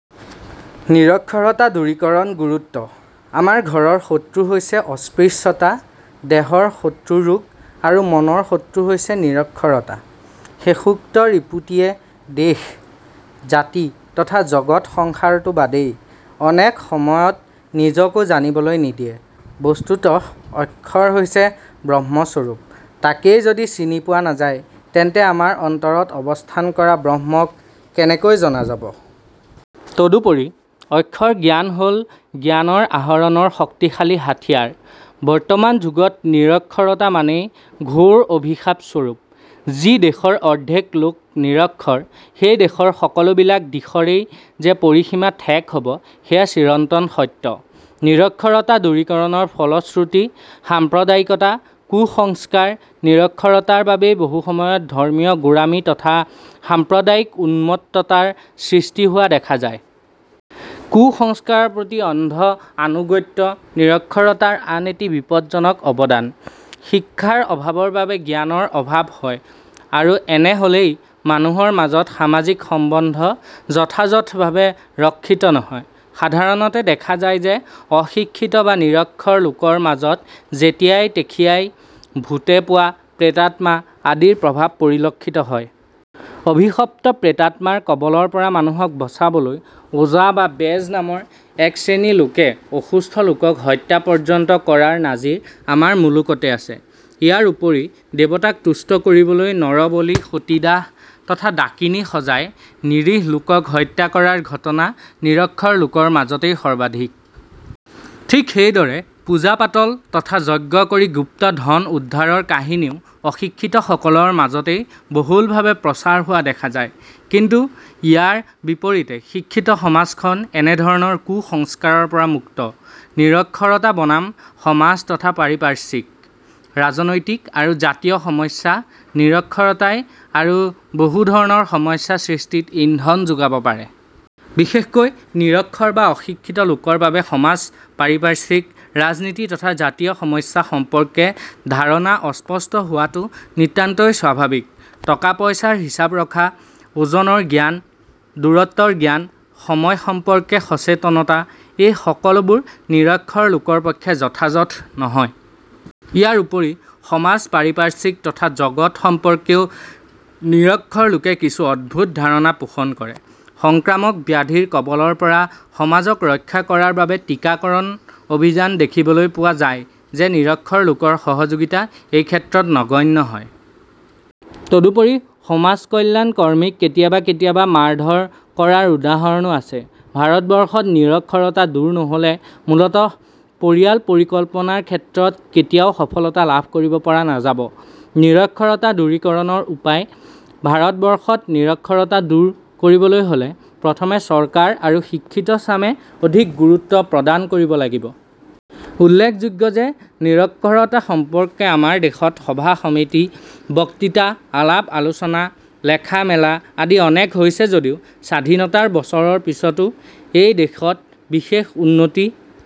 নিৰক্ষৰতা দূৰীকৰণ গুৰুত্ব – আমাৰ ঘৰৰ শত্ৰু হৈছে অস্পৃশ্যতা, দেহৰ শত্ৰুৰোগ আৰু মনৰ শত্ৰু হৈছে নিৰক্ষৰতা। শেষোক্ত ৰিপুটিয়ে দেশ, জাতি তথা জগৎ সংসাৰতো বাদেই, অনেক সময়ত নিজকো জানিবলৈ নিদিয়ে। বস্তুতঃ অক্ষৰ হৈছে ব্ৰহ্মস্বৰূপ, তাকেই যদি চিনি পোৱা নাযায় তেন্তে আমাৰ অন্তৰত অৱস্থান কৰা ব্ৰহ্মক কেনেকৈ জনা যাব? তদুপৰি অক্ষৰ জ্ঞান হ'ল জ্ঞানৰ আহৰণৰ শক্তিশালী হাথিয়াৰ। বৰ্তমান যুগত নিৰক্ষৰতা মানেই ঘোৰ অভিশাপস্বৰূপ। যি দেশৰ অৰ্ধেক লোক নিৰক্ষৰ সেই দেশৰ সকলোবিলাক দিশৰেই যে পৰিসীমা ঠেক হ'ব সেয়া চিৰন্তন সত্য। নিৰক্ষৰতা দূৰীকৰণৰ ফলশ্ৰুতি সাম্প্ৰদায়িকতা, কুসংস্কাৰ নিৰক্ষৰতাৰ বাবেই বহুসময়ত ধৰ্মীয় গোড়ামি তথা সাম্প্ৰদায়িক উন্মত্ততাৰ সৃষ্টি হোৱা দেখা যায়। কুসংস্কাৰৰ প্ৰতি অন্ধ আনুগত্য নিৰক্ষৰতাৰ আন এটি বিপজ্জনক অবদান। শিক্ষাৰ অভাৱৰ বাবে জ্ঞানৰ অভাৱ হয় আৰু এনে হ'লেই মানুহৰ মাজত সামাজিক সম্বন্ধ যথাযথভাৱে ৰক্ষিত নহয়। সাধাৰণতে দেখা যায় যে অশিক্ষিত বা নিৰক্ষৰ লোকৰ মাজত যেতিয়াই তেখিয়াই ভূতে পোৱা, প্ৰেতাত্মা আদিৰ প্ৰভাৱ পৰিলক্ষিত হয়। অভিশপ্ত প্ৰেতাত্মাৰ কবলৰ পৰা মানুহক বচাবলৈ 'ওজা বা বেজ' নামৰ একশ্ৰেণী লোকে অসুস্থ লোকক হত্যা পৰ্যন্ত কৰাৰ নজিৰ আমাৰ মুলুকতে আছে। ইয়াৰ উপৰি দেবতাক তুষ্ট কৰিবলৈ নৰবলি, সতীদাহ তথা ডাকিনী সজাই নিৰীহ লোকক হত্যা কৰাৰ ঘটনা নিৰক্ষৰ লোকৰ মাজতেই সৰ্বাধিক। ঠিক সেইদৰে পূজা-পাটল তথা যজ্ঞ কৰি গুপ্ত ধন উদ্ধাৰৰ কাহিনীও অশিক্ষিতসকলৰ মাজতেই বহুলভাৱে প্ৰচাৰ হোৱা দেখা যায়। কিন্তু ইয়াৰ বিপৰীতে শিক্ষিত সমাজখন এনেধৰণৰ কুসংস্কাৰৰ পৰা মুক্ত। নিৰক্ষৰতা বনাম সমাজ তথা পাৰিপাৰ্শ্বিক, ৰাজনৈতিক আৰু জাতীয় সমস্যা – নিৰক্ষৰতাই আৰু বহুধৰণৰ সমস্যা সৃষ্টিত ইন্ধন যোগাব পাৰে। বিশেষকৈ নিৰক্ষৰ বা অশিক্ষিত লোকৰ বাবে সমাজ পাৰিপাৰ্শ্বিক, ৰাজিনীতি তথা জাতীয় সমস্যা সম্পৰ্কে ধাৰণা অস্পষ্ট হোৱাটো নিতান্তই স্বাভাৱিক। টকা-পইচাৰ হিচাপ ৰখা, ওজনৰ জ্ঞান, দূৰত্বৰ জ্ঞান, সময় সম্পৰ্কে সচেতনতা- এই সকলোবোৰ নিৰক্ষৰ লোকৰ পক্ষে যথাযথ নহয়। ইয়াৰ উপৰি সমাজ পাৰিপাৰ্শ্বিক তথা জগত সম্পৰ্কেও নিৰক্ষৰ লোকে কিছু অদ্ভুত ধাৰণা পোষণ কৰে। সংক্ৰামক ব্যাধিৰ কবলৰ পৰা সমাজক ৰক্ষা কৰাৰ বাবে টীকাকৰণ অভিযানত দেখিবলৈ পোৱা যায় যে নিৰক্ষৰ লোকৰ সহযোগিতা এইক্ষেত্ৰত নগণ্য হয়। তদুপৰি সমাজকল্যাণ কৰ্মীক কেতিয়াবা কেতিয়াবা মাৰধৰ কৰাৰ উদাহৰণো আছে। ভাৰতবৰ্ষত নিৰক্ষৰতা দূৰ নহ'লে মূলতঃ পৰিয়াল পৰিকল্পনাৰ ক্ষেত্ৰত কেতিয়াও সফলতা লাভ কৰিব পৰা নাযাব। নিৰক্ষৰতা দূৰীকৰণৰ উপায় ভাৰতবৰ্ষত নিৰক্ষৰতা দূৰ কৰিবলৈ হ'লে প্ৰথমে চৰকাৰ আৰু শিক্ষিতচামে অধিক গুৰুত্ব প্ৰদান কৰিব লাগিব। উল্লেখযোগ্য যে নিৰক্ষৰতা সম্পৰ্কে আমাৰ দেশত সভা-সমিতি, বক্তৃতা, আলাপ-আলোচনা, লেখা-মেলা আদি অনেক হৈছে যদিও স্বাধীনতাৰ বছৰৰ পিছতো এইদিশত বিশেষ উন্নতি